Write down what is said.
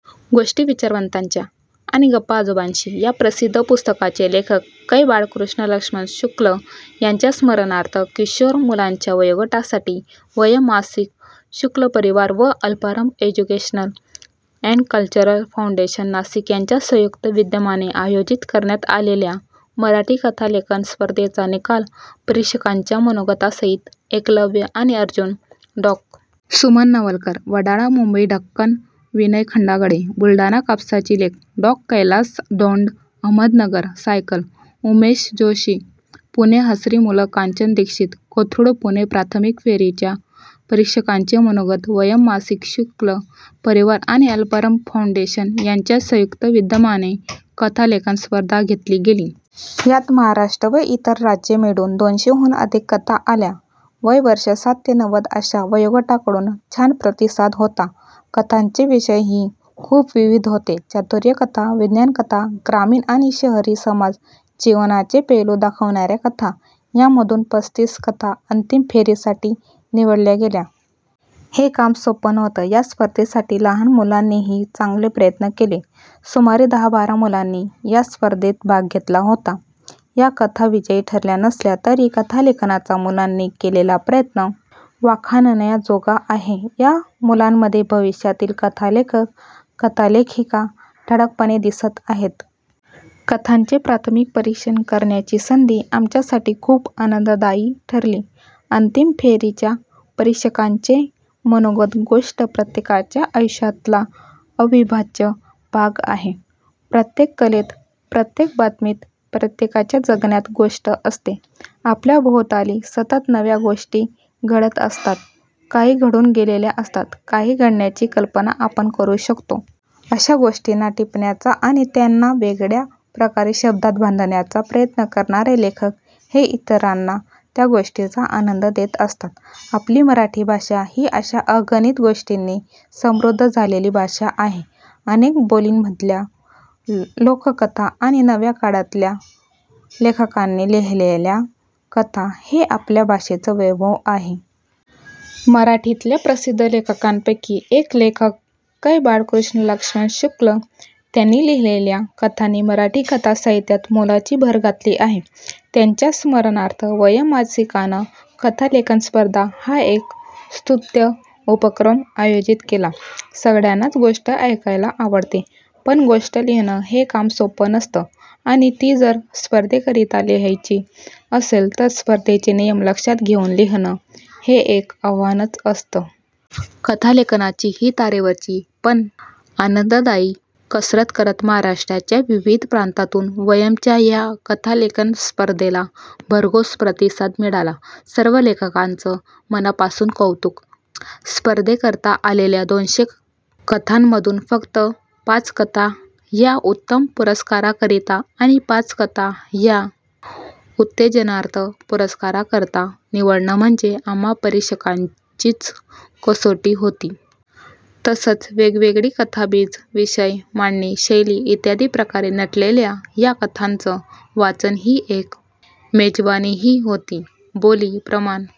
गोष्टी विचारवंतांच्या आणि गप्पा आजोबांशी या प्रसिद्ध पुस्तकांचे लेखक कै. बाळकृष्ण लक्ष्मण शुक्ल यांच्या स्मरणार्थ किशोर मुलांच्या वयोगटासाठी वयम् मासिक, शुक्ल परिवार व Alparambh educational and cultural foundation, Nashik यांच्या संयुक्त विद्यमाने आयोजित करण्यात आलेल्या मराठी कथालेखन स्पर्धेचा निकाल परीक्षकांच्या मनोगतासहित एकलव्य आणि अर्जुन डॉ. सुमन नवलकर, वडाळा मुंबई ढक्कन विनय खंडागळे, बुलढाणा कापसाची लेक डॉ. कैलास दौंड, अहमदनगर सायकल- उमेश जोशी, पुणे हसरी फुलं कांचन दीक्षित, कोथरूड पुणे प्राथमिक फेरीच्या परीक्षकांचे मनोगत वयम् मासिक, शुक्ल परिवार आणि अल्पारंभ फाऊंडेशन यांच्या संयुक्त विद्यमाने कथालेखन स्पर्धा घेतली गेली. यात महाराष्ट्र व इतर राज्य मिळून दोनशे हून अधिक कथा आल्या. वय वर्षे सात ते नव्वद अशा वयोगटाकडून छान प्रतिसाद होता. कथांचे विषयही खूप विविध होते. चातुर्य कथा, विज्ञान कथा, ग्रामीण आणि शहरी समाज जीवनाचे पैलू दाखवणाऱ्या कथा यांमधून पस्तीस कथा अंतिम फेरीसाठी निवडल्या गेल्या. हे काम सोपं नव्हतं. या स्पर्धेसाठी लहान मुलांनीही चांगले प्रयत्न केले. सुमारे दहा बारा मुलांनी या स्पर्धेत भाग घेतला होता. या कथा विजयी ठरल्या नसल्या तरी कथालेखनाचा मुलांनी केलेला प्रयत्न वाखाणण्याजोगा आहे. या मुलांमध्ये भविष्यातील कथालेखक कथालेखिका ठळकपणे दिसत आहेत. कथांचे प्राथमिक परीक्षण करण्याची संधी आमच्यासाठी खूप आनंददायी ठरली. अंतिम फेरीच्या परीक्षकांचे मनोगत गोष्ट प्रत्येकाच्या आयुष्यातला अविभाज्य भाग आहे. प्रत्येक कलेत, प्रत्येक बातमीत, प्रत्येकाच्या जगण्यात गोष्ट असते. आपल्या भोवताली सतत नव्या गोष्टी घडत असतात, काही घडून गेलेल्या असतात, काही घडण्याची कल्पना आपण करू शकतो. अशा गोष्टींना टिपण्याचा आणि त्यांना वेगळ्या प्रकारे शब्दांत बांधण्याचा प्रयत्न करणारे लेखक हे इतरांना त्या गोष्टींचा आनंद देत असतात. आपली मराठी भाषा ही अशा अगणित गोष्टींनी समृद्ध झालेली भाषा आहे. अनेक बोलींमधल्या लोककथा आणि नव्या काळातल्या लेखकांनी लिहिलेल्या कथा, हे आपल्या भाषेचं वैभव आहे. मराठीतल्या प्रसिद्ध लेखकांपैकी एक लेखक कै. बाळकृष्ण लक्ष्मण शुक्ल. त्यांनी लिहिलेल्या कथांनी मराठी कथा साहित्यात मोलाची भर घातली आहे. त्यांच्या स्मरणार्थ वयम् मासिकानं कथालेखन स्पर्धा हा एक स्तुत्य उपक्रम आयोजित केला. सगळ्यांनाच गोष्ट ऐकायला आवडते, पण गोष्ट लिहिणं हे काम सोपं नसतं आणि ती जर स्पर्धेकरिता लिहायची असेल, तर स्पर्धेचे नियम लक्षात घेऊन लिहिणं हे एक आव्हानच असतं. कथालेखनाची ही तारेवरची, पण आनंददायी कसरत करत महाराष्ट्राच्या विविध प्रांतांतून वयम च्या ह्या कथालेखन स्पर्धेला भरघोस प्रतिसाद मिळाला. सर्व लेखकांचं मनापासून कौतुक. स्पर्धेकरता आलेल्या दोनशे कथांमधून फक्त पाच कथा ह्या उत्तम पुरस्काराकरिता आणि पाच कथा ह्या उत्तेजनार्थ पुरस्काराकरता निवडणं म्हणजे आम्हा परीक्षकांचीच कसोटी होती. तसंच वेगवेगळी कथाबीजं, विषय, मांडणी, शैली इत्यादी प्रकारे नटलेल्या ह्या कथांचं वाचन ही एक मेजवानीही होती. बोली, प्रमाण